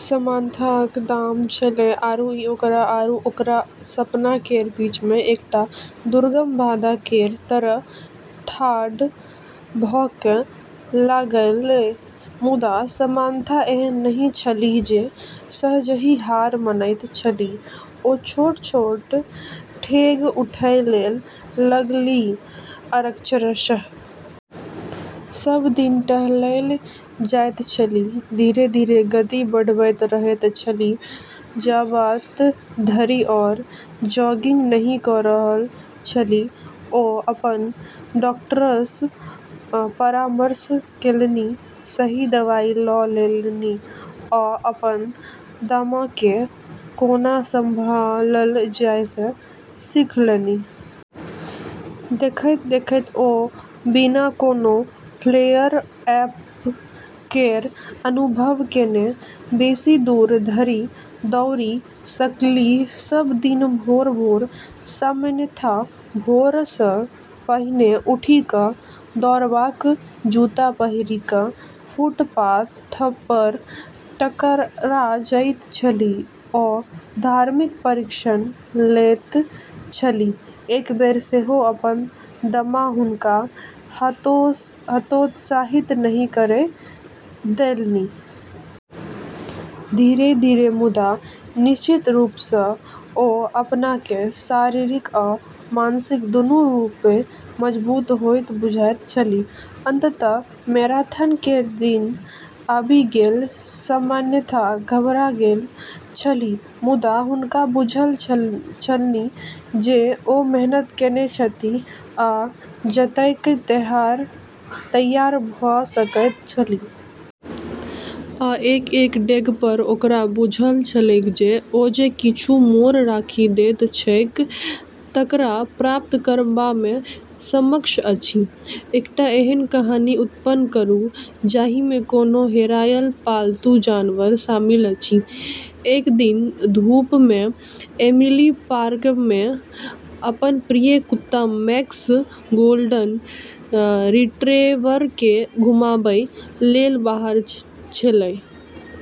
सामन्थाकेँ दमा छेलै, आरू ई ओकरा आरू ओकर सपना केर बीचमे एकटा दुर्गम बाधा केर तरह ठाढ़ भऽ कऽ लागलै। मुदा सामन्था एहन नहि छलीह जे सहजहि हार मानैत छलीह। ओ छोट-छोट डेग उठै लेल लगलीह – अक्षरशः। सब दिन टहलै जाइत छलीह, धीरे-धीरे गति बढ़बैत रहैत छलीह जाबत धरि ओ जॉगिंग नहि कऽ रहल छलीह। ओ अपन डॉक्टरसँ परामर्श केलनि, सही दवाई लऽ लेलनि, आ अपन दमाकेँ कोना संभालल जाए से सीखलनि। देखैत-देखैत, ओ बिना कोनो फ्लेयर-अप केर अनुभव केने बेसी दूरी धरि दौड़ि सकलीह। सब दिन भोरे-भोर सामन्था भोरसँ पहिने उठि कऽ दौड़बाक जूता पहिरि कऽ फुटपाथपर टकरा जाइत छलीह। ओ धार्मिक प्रशिक्षण लैत छलीह, एक बेर सेहो अपन दमा हुनका हतोत्साहित नहि करै देलनि। धीरे-धीरे मुदा निश्चित रूपसँ ओ अपनाकेँ शारीरिक आ मानसिक दूनू रूपेँ मजबूत होइत बुझैत छलीह। अंततः मैराथन केर दिन आबि गेल। सामन्था घबरा गेल छलीह, मुदा हुनका बुझल छलनि जे ओ मेहनत केने छथि आ जतेक तैयार भऽ सकैत छलीह। आ एक-एक डेगपर ओकरा बुझल छलैक जे ओ जे किछु मोन राखि दैत छैक तकरा प्राप्त करबामे सक्षम अछि। एकटा एहन कहानी उत्पन्न करू जाहिमे कोनो हेरायल पालतू जानवर शामिल अछि। एक दिन धूपमे एमिली पार्कमे अपन प्रिय कुत्ता मैक्स, गोल्डन रिट्रीवरकेँ घुमाबै लेल बाहर छेलै।